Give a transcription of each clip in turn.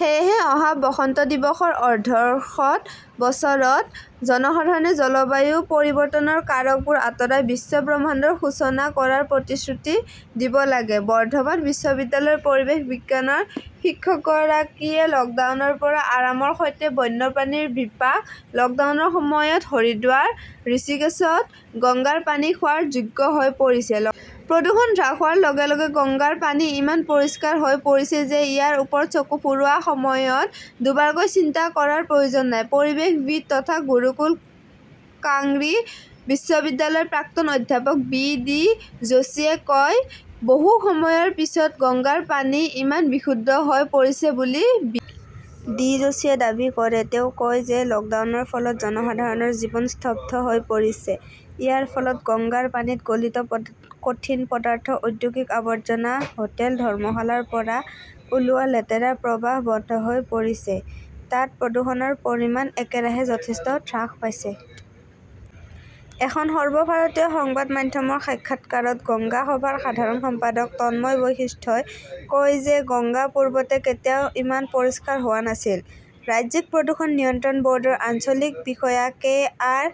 সেয়েহে অহা বসন্ত দিৱসৰ অৰ্ধশত বছৰত জনসাধাৰণে জলবায়ু পৰিৱৰ্তনৰ কাৰকবোৰ আঁতৰাই বিশ্বব্ৰহ্মাণ্ডৰ সূচনা কৰাৰ প্ৰতিশ্ৰুতি দিব লাগে। বৰ্ধমান বিশ্ববিদ্যালয়ৰ পৰিৱেশ বিজ্ঞানৰ শিক্ষকগৰাকীয়ে লকডাউনৰ পৰা আৰামৰ সৈতে বন্যপ্ৰাণীৰ বিপাক, লকডাউনৰ সময়ত হৰিদ্বাৰ, ঋষিকেশত গংগাৰ পানী খোৱাৰ যোগ্য হৈ পৰিছে। লক--- প্ৰদূষণ হ্ৰাস হোৱাৰ লগে লগে গংগাৰ পানী ইমান পৰিষ্কাৰ হৈ পৰিছে যে ইয়াৰ ওপৰত চকু ফুৰোৱাৰ সময়ত দুবাৰকৈ চিন্তা কৰাৰ প্ৰয়োজন নাই, পৰিৱেশবিদ তথা গুৰুকুল কাংৰী বিশ্ববিদ্যালয়ৰ প্ৰাক্তন অধ্যাপক বি. ডি. যোশীয়ে কয়। বহু সময়ৰ পিছত গংগাৰ পানী ইমান বিশুদ্ধ হৈ পৰিছে বুলি বি.-- ডি. যোশীয়ে দাবী কৰে। তেওঁ কয় যে লকডাউনৰ ফলত জনসাধাৰণৰ জীৱন স্তব্ধ হৈ পৰিছে। ইয়াৰ ফলত গংগাৰ পানীত গলিত কঠিন পদাৰ্থ, ঔদ্যোগিক আৱৰ্জনা, হোটেল-ধৰ্মশালাৰ পৰা ওলোৱা লেতেৰা প্ৰবাহ বন্ধ হৈ পৰিছে। তাত প্ৰদূষণৰ পৰিমাণ একেৰাহে যথেষ্ট হ্ৰাস পাইছে। এক সৰ্বভাৰতীয় সংবাদ মাধ্যমৰ সাক্ষাৎকাৰত গংগা সভাৰ সাধাৰণ সম্পাদক তন্ময় বশিষ্ঠই কয় যে গংগা পূৰ্বতে কেতিয়াও ইমান পৰিষ্কাৰ হোৱা নাছিল। ৰাজ্যিক প্ৰদূষণ নিয়ন্ত্ৰণ বৰ্ডৰ আঞ্চলিক বিষয়া কে. আৰ.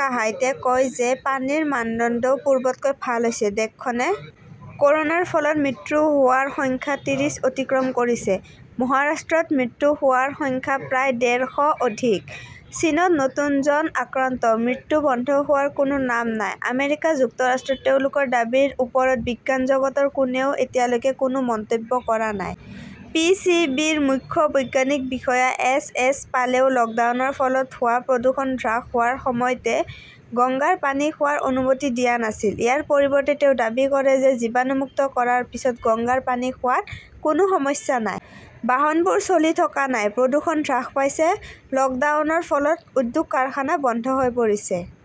কাহাইটে কয় যে পানীৰ মানদণ্ডও পূৰ্বতকৈ ভাল হৈছে। দেশখনে--- ক'ৰোনাৰ ফলত মৃত্যু হোৱাৰ সংখ্যা তিনিশ অতিক্ৰম কৰিছে। মহাৰাষ্ট্ৰত মৃত্যু হোৱাৰ সংখ্যা প্ৰায় ডেৰ শ অধিক। চীনত নতুন জন আক্ৰান্ত, মৃত্যু বন্ধ কৰাৰ কোনো নাম নাই। আমেৰিকা যুক্তৰাষ্ট্ৰত তেওঁলোকৰ দাবীৰ ওপৰত বিজ্ঞান জগতৰ কোনেও এতিয়ালৈকে কোনো মন্তব্য কৰা নাই। পি. চি. বি. -ৰ মুখ্য বৈজ্ঞানিক বিষয়া এছ. এছ. পালেও লকডাউনৰ ফলত হোৱা প্ৰদূষণ হ্ৰাস হোৱাৰ সময়তে গংগাৰ পানী খোৱাৰ অনুমতি দিয়া নাছিল। ইয়াৰ পৰিৱৰ্তে, তেওঁ দাবী কৰে যে জীৱাণুমুক্ত কৰাৰ পিছত গংগাৰ পানী খোৱাত কোনো সমস্যা নাই। বাহনবোৰ চলি থকা নাই, প্ৰদূষণ হ্ৰাস পাইছে 'লকডাউন ৰ ফলত উদ্যোগ-কাৰখানা বন্ধ হৈ পৰিছে।